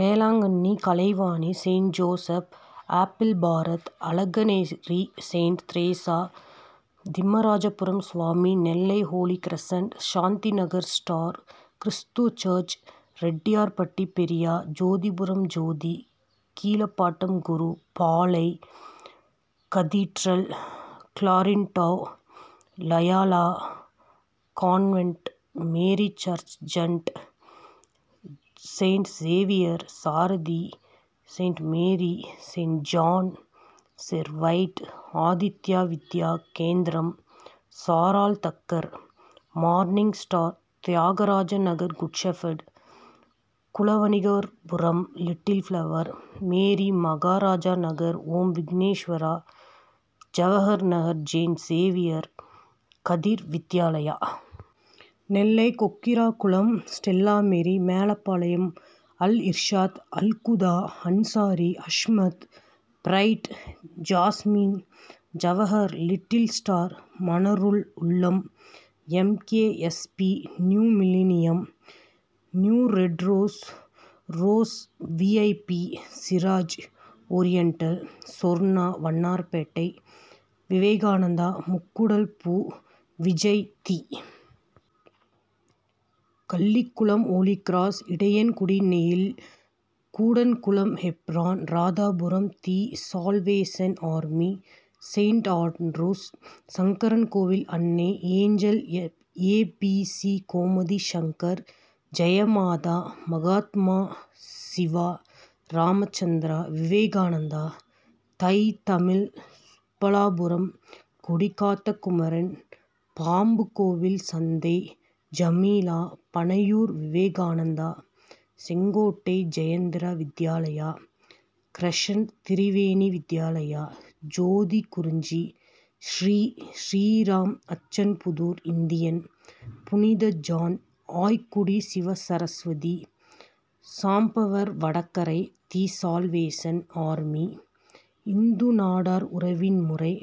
Velankanni, Kalaivani, saint Joseph, apple, Bharat, Alaganeri saint Teresa, Thimmarajapuram Swami, Nellai holy crescent, Shanthinagar star, கிருஸ்து church, Rettiyarpatti பெரியா, Jothipuram Jothi, Keezhapattam Guru, Palai., cathedral, Clarinda, Loyola convent, Mary Sargent, saint Xavier, Sarathi, saint Mary, saint John's, Servite, Aditya Vidya Kendram, Sarah Tucker, morning star, Thiyagarajanagar good shepherd, Kulavanigarpuram little flower, Mary, Maharajanagar Om Vigneswara, Jawaharnagar saint Xavier, Kathir Vidyalaya. Nellai Kokkirakulam Stella Mary, Melapalayam Al Irshad, Alhuda, Ansari, Asmath, bright, jasmine, Jawahar, little star, Manarul Ulum, M. K. S. P., new millennium, new red rose, rose, V. I. P., Siraj oriental, Sorna, Vannarpettai Vivekananda, Mukkudal பூ விஜய், தி. Kallikulam holy cross, Idayankudi நெயில், Koodankulam Hebron, Radhapuram the salvation army, saint Andrew's. Sankarankovil Annai, angel, A. B. C., Gomathi Shankar, Jaya Matha, Mahatma, Siva, Ramachandra, Vivekananda, Thai Tamil, Subbalapuram Kodikatha Kumaran, Pambukovilsanthai Jameela, Panaiyur Vivekananda, Sengottai Jayendra Vidyalaya, crescent, Triveni Vidyalaya, Jothi Kurinji, Sri, Sriram, Achanpudur Indian, புனித John, Aykudi Sivasaraswathi, Sambavarvadakarai the salvation army, Hindu Nadar உறவின் முறை,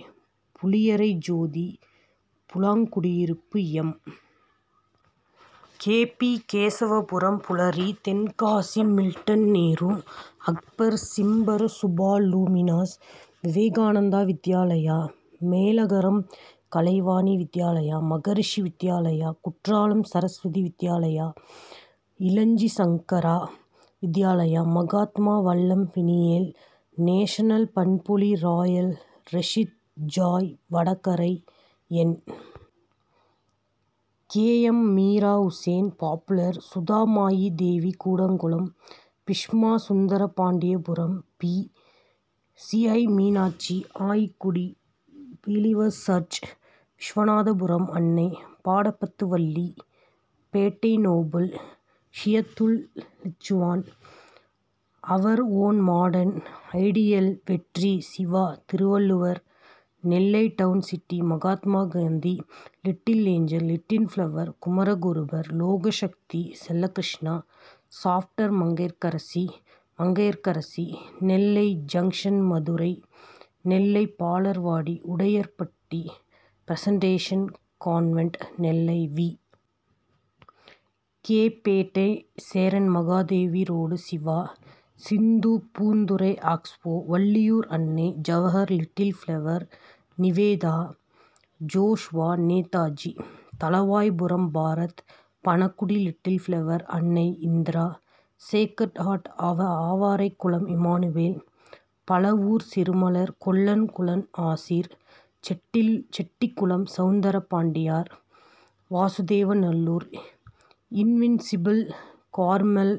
Puliyarai Jothi, Poolankudiyiruppu M. K. P., Kesavapuram Pulari. Tenkasi Milton, Nehru, Akbar, சிம்பர Subha luminous, Vivekananda Vidyalaya, Melagaram Kalaivani Vidyalaya, Maharishi Vidyalaya, Courtallam Saraswathi Vidyalaya, Ilanji Sankara Vidyalaya, Mahatma, Vallam Peniel, national, Panpozhi royal, ரெசித், Joy, Vadakarai N. K. M. Meera Hussain, popular, Sudha Mayi Devi, Koodankulam Bisma, Sundarapandiapuram P. C. I., Meenakshi, Aykudi believers church, Viswanathapuram அன்னை, Pattapathu Valli. Pettai noble, Hidayathul லிச்சுவான், our own modern, ideal, வெற்றி, Siva, Thiruvalluvar, Nellai town city, Mahatma Gandhi, little angel, little flower, Kumaraguruparar, Lokasakthi, Chellakrishna, Schaffter, Mangaiyarkarasi, Mangaiyarkarasi, Nellai junction Madurai, Nellai Balarvadi, Udayarpatti presentation convent, Nellai V. K., Pettai Cheranmahadevi road Siva, Sindhupoonthurai ஆக்ஸ்போ, Valliyur Annai, Jawahar, little flower, Nivetha, Joshua, Netaji. Thalavaipuram Bharath, Panagudi little flower, Annai Indira, sacred heart, Avaraikulam Immanuel, Pazhavoor சிறுமலர், Kollankulam Aseer, Chettikulam Soundarapandianar, Vasudevanallur invincible, Carmel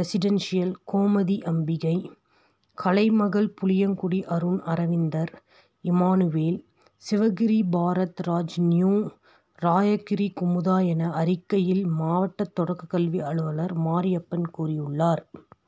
residential, Gomathi Ambigai, Kalaimagal, Puliyangudi Arun, Aravindar, Emmanuel, Sivagiri Bharat, Raj new, Rayagiri Kumudha என அறிக்கையில் மாவட்ட தொடக்கக்கல்வி அலுவலர் மாரியப்பன் கூறியுள்ளார்.